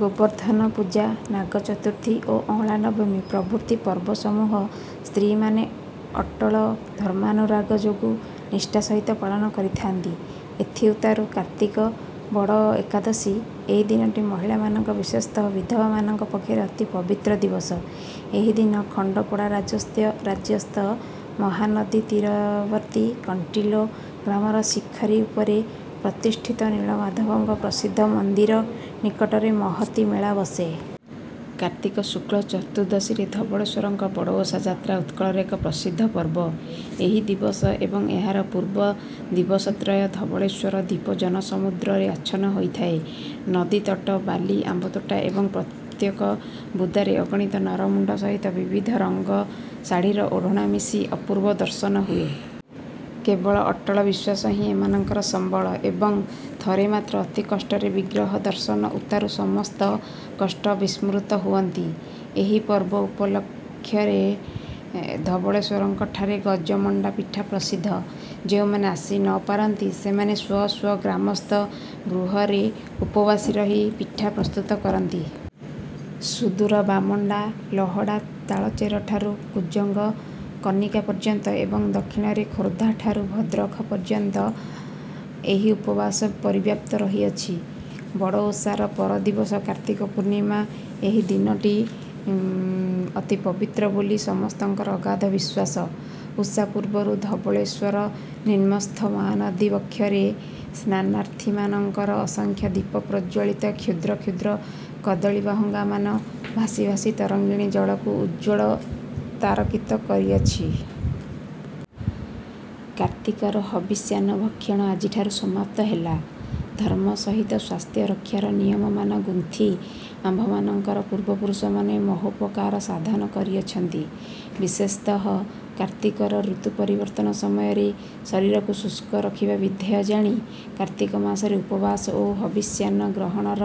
ଗୋବର୍ଦ୍ଧନପୂଜା, ନାଗଚତୁର୍ଥୀ ଓ ଅଁଳାନବମୀ ପ୍ରଭୃତି ପର୍ବସମୂହ ସ୍ତ୍ରୀମାନେ ଅଟଳ ଧର୍ମାନୁରାଗ ଯୋଗୁଁ ନିଷ୍ଠା ସହିତ ପାଳନ କରିଥାନ୍ତି। ଏଥିଉତ୍ତାରୁ କାର୍ତ୍ତିକ ବଡ଼ ଏକାଦଶୀ। ଏହି ଦିନଟି ମହିଳାମାନଙ୍କ, ବିଶେଷତଃ ବିଧବାମାନଙ୍କ ପକ୍ଷରେ ଅତି ପବିତ୍ର ଦିବସ। ଏହି ଦିନ ଖଣ୍ଡପଡ଼ାରାଜ୍ୟସ୍ଥ୍ୟ ଖଣ୍ଡପଡ଼ାରାଜ୍ୟସ୍ଥ ମହାନଦୀତୀରବର୍ତ୍ତୀ କଣ୍ଟିଲୋ ଗ୍ରାମର ଶିଖରୀ ଉପରେ ପ୍ରତିଷ୍ଠିତ ନୀଳମାଧବଙ୍କ ପ୍ରସିଦ୍ଧ ମନ୍ଦିର ନିକଟରେ ମହତୀ ମେଳା ବସେ। କାର୍ତ୍ତିକ ଶୁକ୍ଳ ଚତୁର୍ଦଶୀରେ ଧବଳେଶ୍ୱରଙ୍କ ବଡ଼ଓଷା ଯାତ୍ରା ଉତ୍କଳର ଏକ ପ୍ରସିଦ୍ଧ ପର୍ବ-। ଏହି ଦିବସ ଏବଂ ଏହାର ପୂର୍ବ ଦିବସତ୍ରୟ ଧବଳେଶ୍ୱର ଦ୍ୱୀପ ଜନସମୁଦ୍ରରେ ଆଚ୍ଛନ୍ନ ହୋଇଥାଏ। ନଦୀତଟ, ବାଲି, ଆମ୍ୱତୋଟା ଏବଂ ପ୍ରତ୍ୟେକ ବୁଦାରେ ଅଗଣିତ ନର-ମୁଣ୍ଡ ସହିତ ବିବିଧ ରଙ୍ଗ ଶାଢ଼ୀର ଓଢ଼ଣା ମିଶି ଅପୂର୍ବ ଦର୍ଶନ ହୁଏ। କେବଳ ଅଟଳ ବିଶ୍ୱାସ ହିଁ ଏମାନଙ୍କର ସମ୍ୱଳ ଏବଂ ଥରେ ମାତ୍ର ଅତି କଷ୍ଟରେ ବିଗ୍ରହ ଦର୍ଶନ ଉତ୍ତାରୁ ସମସ୍ତ କଷ୍ଟ ବିସ୍ମୃତ ହୁଅନ୍ତି। ଏହି ପର୍ବ ଉପଲକ୍ଷରେ ଧବଳେଶ୍ୱରଙ୍କଠାରେ ଗଜମଣ୍ଡା ପିଠା ପ୍ରସିଦ୍ଧ। ଯେଉଁମାନେ ଆସି ନ ପାରନ୍ତି, ସେମାନେ ସ୍ୱ ସ୍ୱ ଗ୍ରାମସ୍ଥ ଗୃହରେ ଉପବାସୀ ରହି ପିଠା ପ୍ରସ୍ତୁତ କରନ୍ତି। ସୁଦୂର ବାମଣ୍ଡା, ଲହଡ଼ା, ତାଳଚେରଠାରୁ କୁଜଙ୍ଗ, କନିକା ପର୍ଯ୍ୟନ୍ତ ଏବଂ ଦକ୍ଷିଣରେ ଖୋର୍ଧାଠାରୁ ଭଦ୍ରଖ ପର୍ଯ୍ୟନ୍ତ ଏହି ଉପବାସ ପରିବ୍ୟାପ୍ତ ରହିଅଛି। ବଡ଼ଓଷାର ପର ଦିବସ କାର୍ତ୍ତିକ ପୂର୍ଣ୍ଣିମା। ଏହି। ଦିନଟି ଅତି ପବିତ୍ର ବୋଲି ସମସ୍ତଙ୍କର ଅଗାଧ ବିଶ୍ୱାସ। ଉଷା ପୂର୍ବରୁ ଧବଳେଶ୍ୱର ନିମ୍ନସ୍ଥ ମହାନଦୀ ବକ୍ଷରେ ସ୍ନାନାର୍ଥିମାନଙ୍କର ଅସଂଖ୍ୟ ଦୀପ ପ୍ରଜ୍ୱଳିତ କ୍ଷୁଦ୍ର କ୍ଷୁଦ୍ର କଦଳୀବାହୁଙ୍ଗାମାନ ଭାସି ଭାସି ତରଙ୍ଗିଣୀ ଜଳକୁ ଉଜ୍ଜ୍ୱଳ ତାରକିତ କରିଅଛି। କାର୍ତ୍ତିକର ହବିଷ୍ୟାନ୍ନଭକ୍ଷଣ ଆଜିଠାରୁ ସମାପ୍ତ ହେଲା। ଧର୍ମ ସହିତ ସ୍ୱାସ୍ଥ୍ୟରକ୍ଷାର ନିୟମମାନ ଗୁନ୍ଥି ଆମ୍ଭମାନଙ୍କର ପୂର୍ବପୁରୁଷମାନେ ମହୋପକାର ସାଧନ କରିଅଛନ୍ତି। ବିଶେଷତଃ କାର୍ତ୍ତିକର ଋତୁ ପରିବର୍ତ୍ତନ ସମୟରେ ଶରୀରକୁ ଶୁଷ୍କ ରଖିବା ବିଧେୟ ଜାଣି, କାର୍ତ୍ତିକ ମାସରେ ଉପବାସ ଓ ହବିଷ୍ୟାନ୍ନ ଗ୍ରହଣର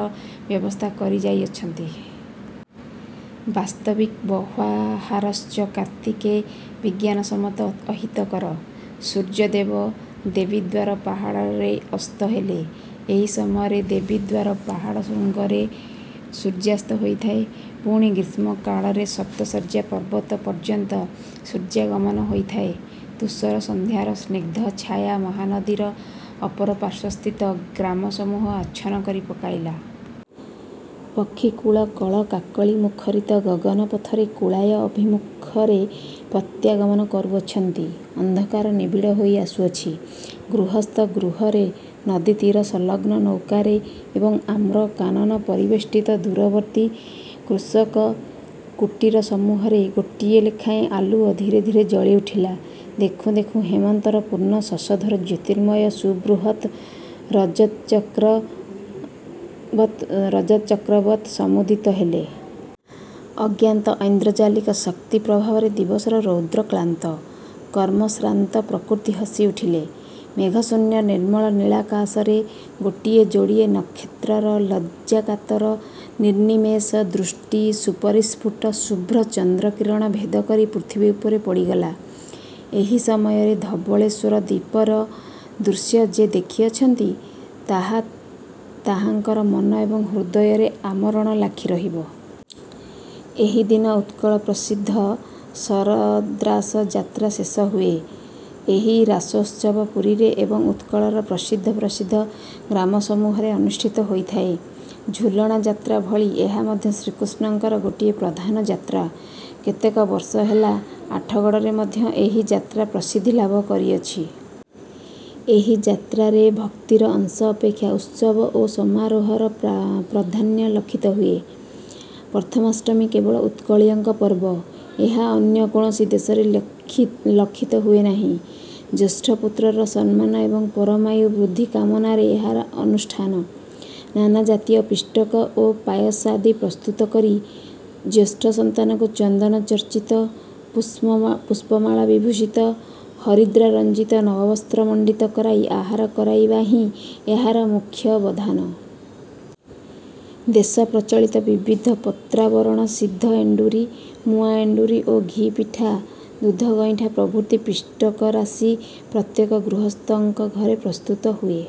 ବ୍ୟବସ୍ଥା କରି ଯାଇଅଛନ୍ତି। ବାସ୍ତବିକ ବହ୍ୱାହାରଶ୍ଚ କାର୍ତ୍ତିକେ ବିଜ୍ଞାନସମ୍ମତ ଅହିତକର। ସୂର୍ଯ୍ୟଦେବ ଦେବୀଦ୍ୱାର ପାହାଡ଼ରେ ଅସ୍ତ ହେଲେ। ଏହି ସମୟରେ ଦେବୀଦ୍ୱାର ପାହାଡ଼ ଶୃଙ୍ଗରେ ସୂର୍ଯ୍ୟାସ୍ତ ହୋଇଥାଏ। ପୁଣି ଗ୍ରୀଷ୍ମକାଳରେ ସପ୍ତଶଯ୍ୟା ପର୍ବତ ପର୍ଯ୍ୟନ୍ତ ସୂର୍ଯ୍ୟାଗମନ ହୋଇଥାଏ। ଧୂସର ସନ୍ଧ୍ୟାର ସ୍ନିଗ୍ଧ ଛାୟା ମହାନଦୀର ଅପର ପାର୍ଶ୍ୱସ୍ଥିତ ଗ୍ରାମସମୂହ ଆଚ୍ଛନ୍ନ କରି ପକାଇଲା। ପକ୍ଷିକୁଳ କଳ କାକଳିମୁଖରିତ ଗଗନପଥରେ କୁଳାୟ ଅଭିମୁଖରେ ପ୍ରତ୍ୟାଗମନ କରୁଅଛନ୍ତି, ଅନ୍ଧକାର ନିବିଡ଼ ହୋଇ ଆସୁଅଛି। ଗୃହସ୍ଥ ଗୃହରେ, ନଦୀତୀରସଂଲଗ୍ନ ନୌକାରେ ଏବଂ ଆମ୍ରକାନନ ପରିବେଷ୍ଟିତ ଦୂରବର୍ତ୍ତୀ କୃଷକ କୁଟୀରସମୂହରେ ଗୋଟିଏ ଲେଖାଏଁ ଆଲୁଅ ଧୀରେ ଧୀରେ ଜଳି ଉଠିଲା। ଦେଖୁଁ ଦେଖୁଁ ହେମନ୍ତର ପୂର୍ଣ୍ଣ ଶଶଧର ଜ୍ୟୋତିର୍ମୟ ସୁବୃହତ୍ ରାଜତଚକ୍ର ବତ୍ ରଜତଚକ୍ରବତ୍ ସମୁଦିତ ହେଲେ। ଅଜ୍ଞାତ ଐନ୍ଦ୍ରଜାଲିକ ଶକ୍ତିପ୍ରଭାବରେ ଦିବସର ରୌଦ୍ରକ୍ଳାନ୍ତ, କର୍ମଶ୍ରାନ୍ତ ପ୍ରକୃତି ହସି ଉଠିଲେ। ମେଘଶୂନ୍ୟ ନିର୍ମଳ ନୀଳାକାଶରେ ଗୋଟିଏ ଯୋଡ଼ିଏ ନକ୍ଷତ୍ରର ଲଜ୍ଜାକାତର ନିର୍ନିମେଷ ଦୃଷ୍ଟି ସୁପରିସ୍ଫୁଟ ଶୁଭ୍ର ଚନ୍ଦ୍ରକିରଣ ଭେଦ କରି ପୃଥିବୀ ଉପରେ ପଡ଼ିଗଲା। ଏହି ସମୟରେ ଧବଳେଶ୍ୱର ଦ୍ୱୀପର ଦୃଶ୍ୟ ଯେ ଦେଖିଅଛନ୍ତି, ତାହା ତାହାଙ୍କର ମନ ଏବଂ ହୃଦୟରେ ଆମରଣ ଲାଖି ରହିବ। ଏହି ଦିନ ଉତ୍କଳପ୍ରସିଦ୍ଧ ଶରଦ୍ରାସ ଯାତ୍ରା ଶେଷ ହୁଏ। ଏହି ରାସୋତ୍ସବ ପୁରୀରେ ଏବଂ ଉତ୍କଳର ପ୍ରସିଦ୍ଧ ପ୍ରସିଦ୍ଧ ଗ୍ରାମସମୂହରେ ଅନୁଷ୍ଠିତ ହୋଇଥାଏ। ଝୁଲଣା ଯାତ୍ରା ଭଳି ଏହା ମଧ୍ୟ ଶ୍ରୀକୃଷ୍ଣଙ୍କର ଗୋଟିଏ ପ୍ରଧାନ ଯାତ୍ରା। କେତେକ ବର୍ଷ ହେଲା ଆଠଗଡ଼ରେ ମଧ୍ୟ ଏହି ଯାତ୍ରା ପ୍ରସିଦ୍ଧି ଲାଭ କରିଅଛି। ଏହି ଯାତ୍ରାରେ ଭକ୍ତିର ଅଂଶ ଅପେକ୍ଷା ଉତ୍ସବ ଓ ସମାରୋହର ପ୍ରା ପ୍ରଧାନ୍ୟ ଲକ୍ଷିତ ହୁଏ। ପ୍ରଥମାଷ୍ଟମୀ କେବଳ ଉତ୍କଳୀୟଙ୍କ ପର୍ବ। ଏହା ଅନ୍ୟ କୌଣସି ଦେଶରେ ଲକ୍ଷି ଲକ୍ଷିତ ହୁଏ ନାହିଁ। ଜ୍ୟେଷ୍ଠ ପୁତ୍ରର ସମ୍ମାନ ଏବଂ ପରମାୟୁ ବୁଦ୍ଧି କାମନାରେ ଏହାର ଅନୁଷ୍ଠାନ। ନାନା ଜାତୀୟ ପିଷ୍ଟକ ଓ ପାୟସାଦି ପ୍ରସ୍ତୁତ କରି ଜ୍ୟେଷ୍ଠ ସନ୍ତାନକୁ ଚନ୍ଦନଚର୍ଚ୍ଚିତ, ପୁଷ୍ପମ ପୁଷ୍ପମାଳା ବିଭୂଷିତ, ହରିଦ୍ରା ରଞ୍ଜିତ ନବବସ୍ତ୍ର ମଣ୍ଡିତ କରାଇ ଆହାର କରାଇବାହିଁ ଏହାର ମୁଖ୍ୟ ବଧାନ। ଦେଶପ୍ରଚଳିତ ବିବିଧ ପତ୍ରାବରଣ-ସିଦ୍ଧ ଏଣ୍ଡୁରି, ମୁଆଁ ଏଣ୍ଡୁରି ଓ ଘି ପିଠା, ଦୁଧଗଇଁଠା ପ୍ରଭୃତି ପିଷ୍ଟକରାଶି ପ୍ରତ୍ୟେକ ଗୃହସ୍ଥଙ୍କ ଘରେ ପ୍ରସ୍ତୁତ ହୁଏ।